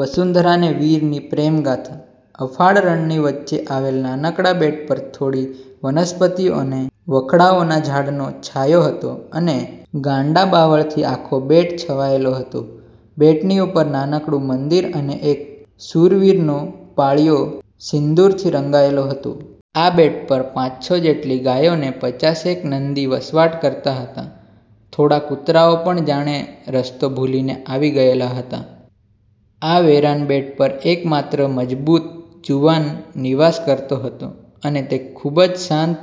વસુંધરા ને વીરની પ્રેમગાથા:- અફાટ રણની વચ્ચે આવેલ નાનકડાં બેટ પર થોડી વનસ્પતિઓ અને વખડાઓનાં ઝાડનો છાંયો હતો અને ગાંડા બાવળથી આખો બેટ છવાયેલો હતો. બેટની ઉપર નાનકડું મંદીર અને એક શૂરવીરનો પાળિયો સિંદૂરથી રંગાયેલો હતો. આ બેટ પર પાંચસો જેટલી ગાયો ને પચાસેક નંદી વસવાટ કરતા હતાં. થોડા કુતરાઓ પણ જાણે રસ્તો ભૂલીને આવી ગયેલાં હતાં. આ વેરાન બેટ પર એકમાત્ર મજબૂત જુવાન નિવાસ કરતો હતો, અને તે ખુબ જ શાંત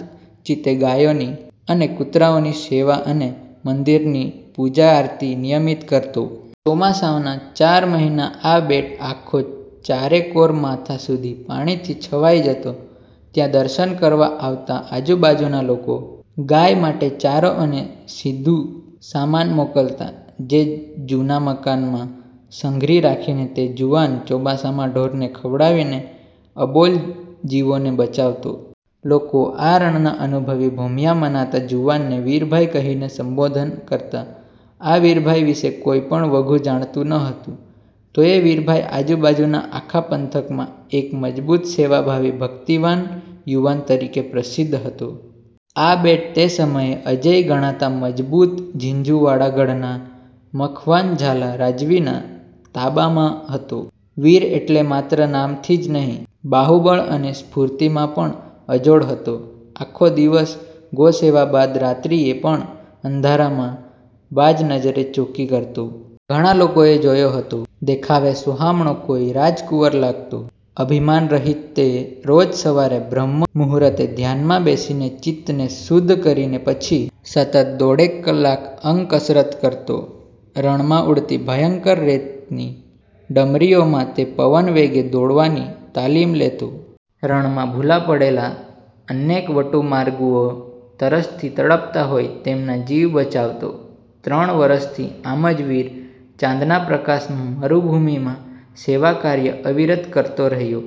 ચિત્તે ગાયોની અને કૂતરાઓની સેવા અને મંદિરની પૂજા આરતી નિયમિત કરતો. ચોમાસાનાં ચાર મહિના આ બેટ આખો ચારેકોર માથાં સુધી પાણીથી છવાઈ જતો, ત્યાં દર્શન કરવા આવતાં આજુબાજુના લોકો ગાય માટે ચારો અને સીધું સમાન મોકલતા, જે જુના મકાનમાં સંઘરી રાખીને તે જુવાન ચોમાસામાં ઢોરને ખવડાવીને અબોલ જીવોને બચાવતો. લોકો આ રણનાં અનુભવી ભોમિયા મનાતાં જુવાનને વીરભાઈ કહીને સંબોધન કરતા. આ વીરભાઈ વિશે કોઈ પણ વઘુ જાણતું ન હતું. તોયે વીરભાઈ આજુ-બાજુનાં આખા પંથકમાં એક મજબૂત સેવાભાવી ભક્તિવાન જુવાન તરીકે પ્રસિદ્ધ હતો. આ બેટ તે સમયે અજેય ગણાતા મજબૂત ઝીંઝુવાડા ગઢના મખવાન ઝાલા રાજવીના તાબામાં હતો. વીર એટલે માત્ર નામથી જ નહીં, બાહુબળ અને સ્ફૂર્તિમાં પણ અજોડ હતો. આખો દિવસ ગૌસેવા બાદ રાત્રીએ પણ અંધારામાં બાજ નજરે ચોકી કરતો. ઘણાં લોકોએ જોયો હતો. દેખાવે સોહામણો, કોઈ રાજકુંવર લાગતો. અભિમાન રહિત તે રોજ સવારે બ્રહ્મ મુર્હુતે ધ્યાનમાં બેસી ચિત્તને શુદ્ધ કરીને પછી સતત દોઢેક કલાક અંગ કસરત કરતો. રણમાં ઊડતી ભયંકર રેતની ડમરીઓમાં તે પવનવેગે દોડવાની તાલિમ લેતો. રણમાં ભુલા પડેલાં અનેક વટેમાર્ગુઓ તરસથી તડપતાં હોય તેમનાં જીવ બચાવતો. ત્રણ વર્ષથી આમ જ વીર, ચાંદનાં પ્રકાશમાં મરુભૂમિમાં સેવાકાર્ય અવિરત કરતો રહયો.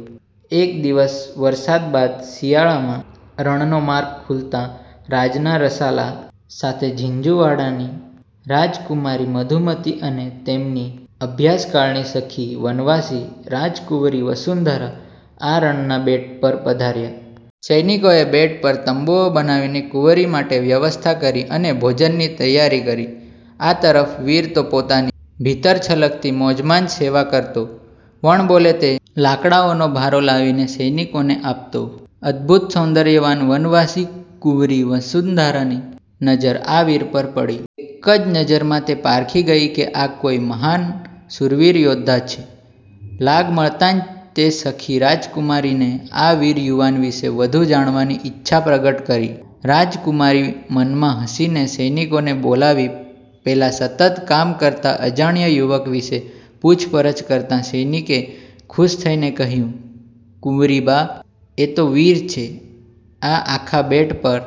એક દિવસ વરસાદ બાદ શિયાળામાં રણનો માર્ગ ખૂલતાં રાજનાં રસાલા સાથે ઝીંઝુવાડાની રાજકુમારી મધુમતી અને તેમની અભ્યાસકાળની સખી વનવાસી રાજકુંવરી વસુંધરા આ રણનાં બેટ પર પધાર્યા. સૈનિકોએ બેટ પર તંબુઓ બનાવીને કૂંવરી માટે વ્યવસ્થા કરી અને ભોજનની તૈયારી કરી. આ તરફ વીર તો પોતાની ભીતર છલકતી મોજમાં જ સેવા કરતો. વણબોલે તે લાકડાઓનો ભારો લાવીને સૈનિકોને આપતો. અદભુત સૌંદર્યવાન વનવાસી કૂંવરી વસુંધરાની નજ઼ર આ વીર પર પડી. એક જ નજરમાં તે પારખી ગઈ કે આ કોઈ મહાન શૂરવીર યૌદ્ધા છે. લાગ મળતાં જ તે સખી રાજકુમારીને આ વીર જુવાન વિશે વધુ જાણવાની ઈચ્છા પ્રગટ કરી. રાજકુમારી મનમાં હસીને સૈનિકોને બોલાવી પેલા સતત કામ કરતા અજાણ્યાં યુવક વિશે પૂછપરછ કરતાં સૈનિકે ખુશ થઈને કહ્યું,"કુંવરીબા, એ તો વીર છે. આ આખા બેટ પર